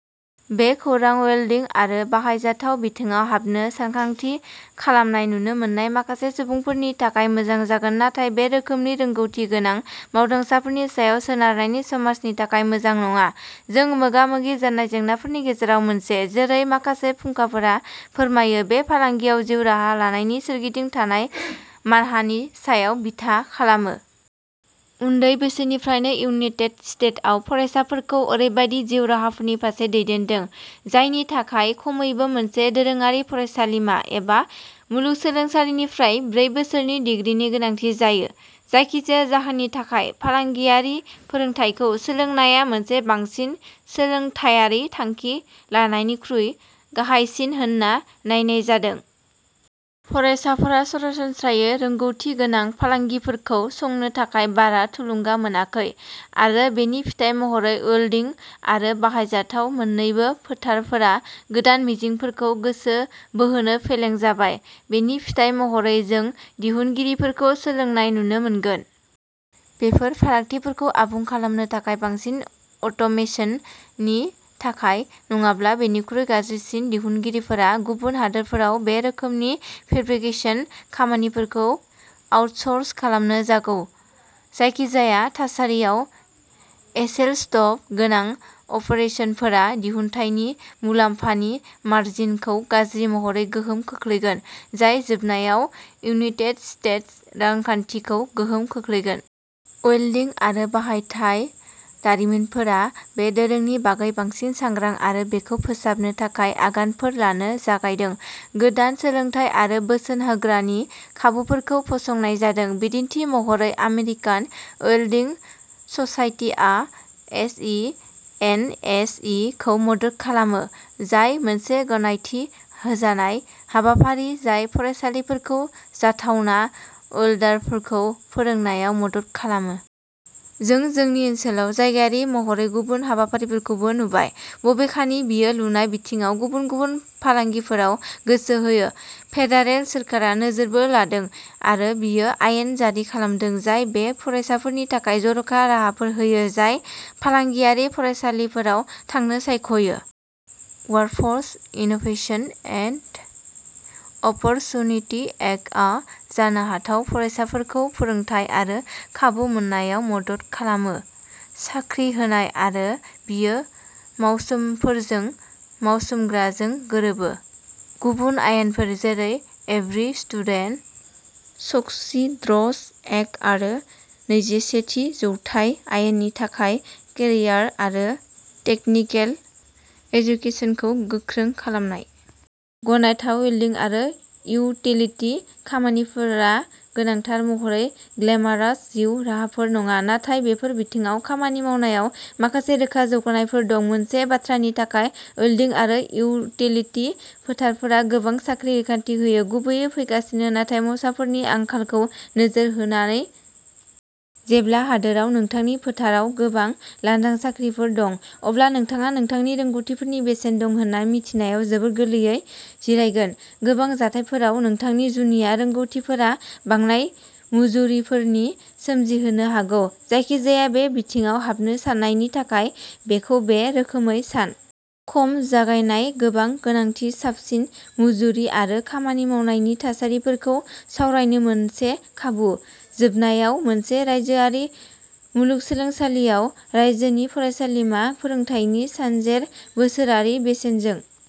बे खौरांआ वेल्डिं आरो बाहायजाथाव बिथिङाव हाबनो सानथांखि खालामनाय नुनो मोन्नाय माखासे सुबुंफोरनि थाखाय मोजां जागोन, नाथाय बे रोखोमनि रोंग'थि गोनां मावदांसाफोरनि सायाव सोनारनाय समाजनि थाखाय मोजां नङा। जों मोगा-मोगि जानाय जेंनाफोरनि गेजेराव मोनसे, जेरै माखासे फुंखाफोरा फोरमायो, बे फालांगियाव जिउ राहा लानायनि सोरगिदिं थानाय मानहानि सायाव बिथा खालामो। उन्दै बैसोनिफ्रायनो, इउनाइटेट स्टेटआव फरायसाफोरखौ ओरैबायदि जिउ राहाफोरनि फारसे दैदेनदों, जायनि थाखाय खमैबो मोनसे दोरोङारि फरायसालिमा एबा मुलुगसोलोंसालिनिफ्राय ब्रै बोसोरनि डिग्रीनि गोनांथि जायो। जायखिजाया जाहोननि थाखाय फालांगियारि फोरोंथायखौ सोलोंनाया मोनसे बांसिन सोलोंथायारि थांखि लानायनिख्रुइ गाहायसिन होनना नायनाय जादों। फरायसाफोरा सरासनस्रायै रोंग'थि गोनां फालांगिफोरखौ संनो थाखाय बारा थुलुंगा मोनाखै, आरो बेनि फिथाय महरै, वेल्डिं आरो बाहायजाथाव मोन्नैबो फोथारफोरा गोदान मिजिंफोरखौ गोसो बोहोनो फेलें जाबाय। बेनि फिथाय महरै, जों दिहुनगिरिफोरखौ सोलायनाय नुनो मोनगोन। बेफोर फारागथिफोरखौ आबुं खालामनो थाखाय बांसिन अट'मेसननि थाखाय। नङाब्ला, बेनिख्रुइबो गाज्रिसिन, दिहुनगिरिफोरा गुबुन हादोरफोराव बे रोखोमनि फेब्रिकेशन खामानिफोरखौ आउटस'र्स खालामनो जागौ। जायखिजाया थासारियाव, एसेल'स्टाफ गोनां अपारेसनफोरा दिहुनथायनि मुलाम्फानि मार्जिनखौ गाज्रि महरै गोहोम खोख्लैगोन, जाय जोबनायाव इउनाइटेट स्टेट रांखान्थिखौ गोहोम खोख्लैगोन। वेल्डिं आरो बाहायथाय दारिमिनफोरा बे दोरोंनि बागै बांसिन सांग्रां आरो बेखौ फोसाबनो थाखाय आगानफोर लानो जागायदों। गोदान सोलोंथाय आरो बोसोन होग्रानि खाबुफोरखौ फसंनाय जादों। बिदिन्थि महरै, आमेरिकान वेल्डिं ससाइटिआ S E N S E खौ मदद खालामो, जाय मोनसे गनायथि होजानाय हाबाफारि जाय फरायसालिफोरखौ जाथावना वेल्डारफोरखौ फोरोंनायाव मदद खालामो। जों जोंनि ओनसोलाव जायगायारि महरै गुबुन हाबाफारिफोरखौबो नुबाय, बबेखानि बेयो लुनाय बिथिङाव गुबुन गुबुन फालांगिफोराव गोसो होयो। फेडारेल सोरखारा नोजोरबो लादों आरो बेयो आयेन जारि खालामदों जाय बै फरायसाफोरनि थाखाय जर'खा राहाफोर होयो जाय फालांगियारि फरायसालिफोराव थांनो सायख'यो। वर्कफोर्स इनोभेशन एन्ड अपरचुनिटि एक्टआ जानो हाथाव फरायसाफोरखौ फोरोंथाय आरो खाबु मोननायाव मदद खालामो। साख्रि होनाय, आरो बेयो मावसाफोरजों मावसोमग्राजों गोरोबो। गुबुन आयेनफोर, जेरै एभरि स्टुडेन्ट सक्सीड्स एक्ट आरो नैजिसेथि जौथाय आयेननि थाखाय केरियार आरो टेकनिकेल एजुकेसनखौ गोख्रों खालामनाय। गनायथाव, वेल्डिं आरो इउटिलिति खामानिफोरा गोनांथार महरै "ग्लेमारास" जिउ राहाफोर नङा। नाथाय, बेफोर बिथिङाव खामानि मावनायाव माखासे रोखा जौगानायफोर दं। मोनसे बाथ्रानि थाखाय, वेल्डिं आरो इउटिलिति फोथारफोरा गोबां साख्रि रैखाथि होयो, गुबैयै फैगासिनो थानाय मावसाफोरनि आंखालखौ नोजोर होनानै। जेब्ला हादोराव नोंथांनि फोथाराव गोबां लांदां साख्रिफोर दं, अब्ला नोंथाङा नोंथांनि रोंग'थिफोरनि बेसेन दं होन्ना मिथिनायाव जोबोद गोरलैयै जिरायगोन। गोबां जाथायफोराव, नोंथांनि जुनिया रोंग'थिफोरा बांनाय मुजुरिफोर सोमजिहोनो हागौ। जायखिजाया बे बिथिङाव हाबनो साननायनि थाखाय बेखौ बे रोखोमै सान। खम जगायनाय गोबां गोनांथि साबसिन मुजुरि आरो खामानि मावनायनि थासारिफोरखौ सावरायनो मोनसे खाबु। जोबनायाव, मोनसे रायजोआरि मुलुगसोलोंसालियाव रायजोनि फरायसालिमा फोरोंथायनि सानजेर बोसोरारि बेसेनजों।